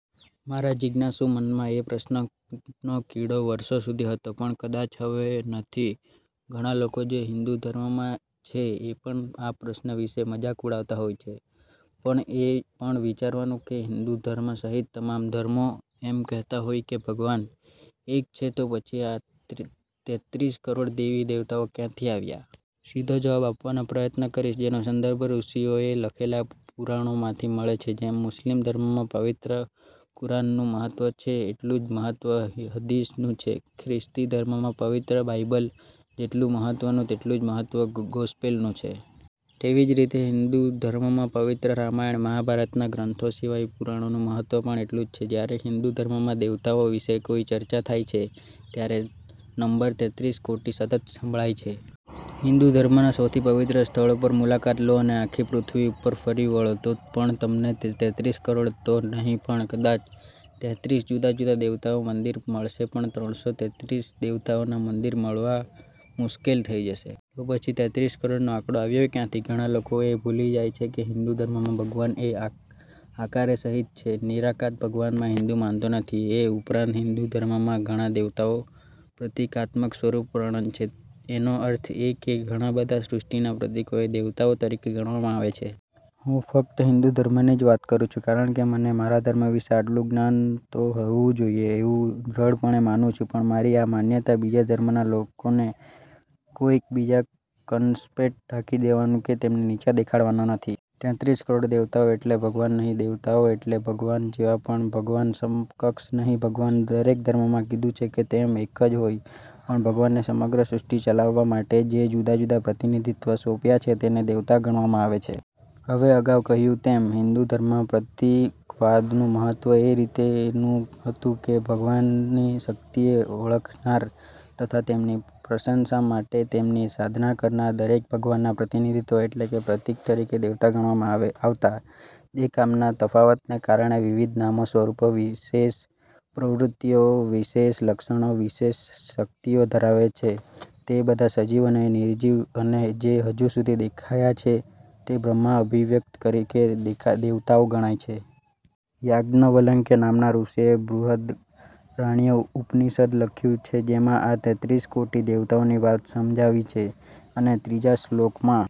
મારાં જિજ્ઞાસુ મનમાં આ પ્રશ્નનો કીડો વર્ષો સુધી હતો પણ કદાચ હવે નથી. ઘણાં લોકો જે હિંદુ ધર્મમાં છે એ પણ આ પ્રશ્ન વિશે મજાક ઉડાવતા હોય છે પણ એ પણ વિચારવાનું કે હિન્દુ ધર્મ સહિત તમામ ધર્મો એમ કહેતા હોય કે ભગવાન એક છે તો પછી આ તેત્રીસ કરોડ દેવી દેવતાઓ ક્યાંથી આવ્યા? સીધો જવાબ આપવાનો પ્રયત્ન કરીશ જેનો સંદર્ભ ઋષિઓએ લખેલાં પુરાણોમાંથી મળે છે. જેમ મુસ્લિમ ધર્મમાં પવિત્ર કુરાનનું મહત્ત્વ છે એટલું જ મહત્ત્વ હદીસ નું છે, ખ્રિસ્તી ધર્મમાં પવિત્ર બાઇબલ જેટલું મહત્વનું, તેટલું જ મહત્વ ગોસ્પેલનું છે. તેવી જ રીતે હિન્દુ ધર્મમાં પવિત્ર રામાયણ મહાભારત ના ગ્રંથો સિવાય પુરાણોનું મહત્વ પણ એટલું જ છે. જ્યારે હિંદુ ધર્મમાં દેવતાઓ વિશે કોઈ ચર્ચા થાય છે ત્યારે નંબર તેત્રીસ કોટી સતત સંભળાય છે. હિન્દુ ધર્મના સૌથી પવિત્ર સ્થળો પર મુલાકાત લો અને આખી પૃથ્વી ઉપર ફરી વાળો તો પણ તમને તેત્રીસ કરોડ તો નહીં પણ કદાચ તેત્રીસ જુદા જુદા દેવતાઓના મંદિર મળશે પણ ત્રણસો તેત્રીસ દેવતાઓ ના મંદિર મળવા મુશ્કેલ થઈ જશે. તો પછી આ તેત્રીસ કરોડ નો આંકડો આવ્યો ક્યાંથી? ઘણા લોકો એ ભૂલી જાય છે કે હિન્દુ ધર્મમાં ભગવાન એ આકારે સહિત છે નિરાકાર ભગવાનમાં હિન્દુ માનતો નથી અને એ ઉપરાંત હિન્દુ ધર્મમાં ઘણા દેવતાઓમાં પ્રતિકાત્મક સ્વરૂપ વર્ણન છે એનો અર્થ એ કે ઘણા બધા સૃષ્ટિના પ્રતિકોને દેવતાઓ તરીકે ગણવામાં આવે છે. હું ફકત હિંદુ ધર્મની જ વાત કરું છું, કારણ કે મને મારા ધર્મ વિશે આટલું જ્ઞાન તો હોવું જોઈએ એવું દ્રઢપણે માનું છું. પણ મારી આ માન્યતા બીજા ધર્મના કોઈક બીજા કન્સેપ્ટને ઢાંકી દેવાનું કે તેમને નીચા દેખાડવાનો નથી. તેત્રીસ કરોડ દેવતાઓ એટલે ભગવાન નહી. દેવતાઓ એટલે ભગવાન જેવા, પણ ભગવાન સમકક્ષ નહી. ભગવાન દરેક ધર્મમાં કીધું છે તેમ એક જ હોય પણ ભગવાને સમગ્ર સૃષ્ટિ ચલાવવા માટે જે જુદા જુદા પ્રતિનિધિત્વ સોંપ્યા છે તેને દેવતા ગણવામાં આવે છે. હવે અગાઉ કહ્યું તેમ હિંદુ ધર્મમાં પ્રતીકવાદનું મહત્ત્વ એ રીતનું હતું કે ભગવાનની શક્તિને ઓળખનાર તથા તેમની પ્રસન્નતા માટે તેમની સાધના કરનાર દરેકને ભગવાનના પ્રતિનિધિત્વ એટલે કે પ્રતિક તરીકે દેવતા ગણવામાં આવતા. જે કામનાં તફાવતોને કારણે વિવિધ નામો, સ્વરૂપો, વિશેષ પ્રવૃત્તિઓ, વિશેષ લક્ષણો અને વિશેષ શક્તિઓ ધરાવે છે તે બધા સજીવ અને નિર્જીવ અને જે હજુ સુધી દેખાયા છે, તે બ્રહ્મના અભિવ્યક્તિ તરીકે દેવતાઓ ગણાયા. યાજ્ઞવલ્ક્ય નામનાં ઋષિએ બૃહદારણ્યક ઉપનિષદ લખ્યું છે તેમાં આ તેત્રીસ કોટી દેવતાઓની વાત સમજાવી છે અને ત્રીજા શ્લોકમાં